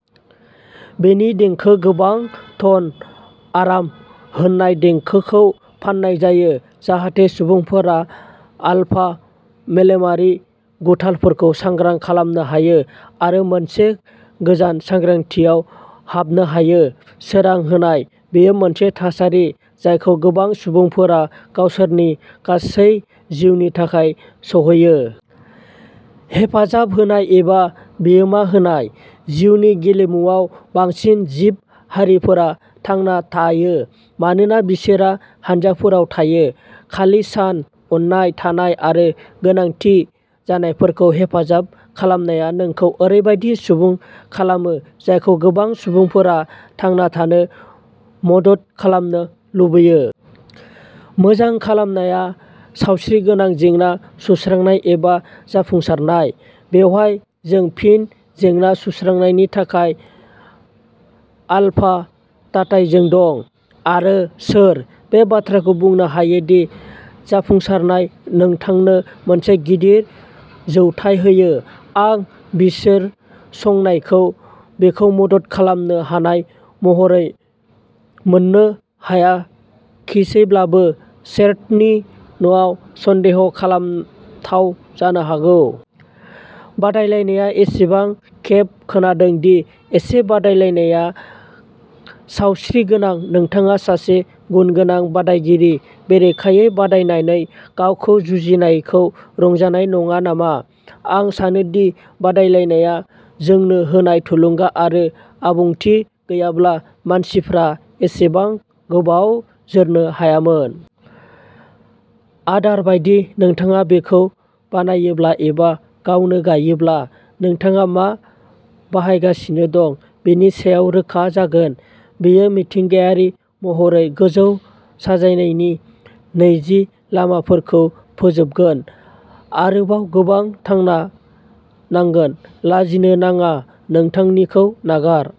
बेनि देंखो गोबां टन आराम होनाय देंखोखौ फाननाय जायो जाहाथे सुबुंफोरा आलफा मेलेमारि गुथालफोरखौ सांग्रां खालामनो हायो आरो मोनसे गोजोन सांग्रांथियाव हाबनो हायो। सोरां होनाय। बेयो मोनसे थासारि जायखौ गोबां सुबुंफोरा गावसोरनि गासै जिउनि थाखाय सहैयो। हेफाजाब होनाय एबा बिहोमा होनाय। जिउनि गेलेमुआव, बांसिन जिब-हारिफोरा थांना थायो मानोना बिसोरा हानजाफोराव थायो। खालि सान, अननाय थानाय आरो गोनांथि जानायफोरखौ हेफाजाब खालामनाया नोंखौ ओरैबायदि सुबुं खालामो जायखौ गोबां सुबुंफोरा थांना थानो मदद खालामनो लुबैयो। मोजां खालामनाया सावस्रिगोनां जेंना-सुस्रांनाय एबा जाफुंसारनाय। बेवहाय जों फिन जेंना-सुस्रांनायनि थाखाय आलफा थाथायजों दं। आरो सोर? बे बाथ्राखौ बुंनो हायो दि जाफुंसारनाया नोंथांनो मोनसे गिदिर जौथाय होयो? आं बिजिरसंनायखौ बेखौ मदद खालामनो हानाय महरै मोननो हायाखिसैब्लाबो, सेर'ट'निनआव सन्देह खालामथाव जानो हागौ। बादायलायनाया बेसेबां खेब खोनादों दि एसे बादायलायनाया सावस्रिगोनां, नोंथाङा सासे गुनगोनां बादायगिरि बेरेखायै बादायलायनानै गावखौ जुजिनायखौ रंजानाय नङा नामा? आं सानो दि बादायलायनाया जोंनो होनाय थुलुंगा आरो आबुंथि गैयाब्ला मानसिफ्रा एसेबां गोबाव जोरनो हायामोन। आदार बायदि, नोंथाङा बेखौ बानायोब्ला एबा गावनो गायोब्ला, नोंथाङा मा बाहायगासिनो दं बेनि सायाव रोखा जागोन। बेयो मिथिंगायारि महरै गोजौ साजायनायनि नैजि लामाफोरखौ फोजोबगोन। आरोबाव गोबां थाना नांगोन। लाजिनो नाङा नोंथांनिखौ नागार।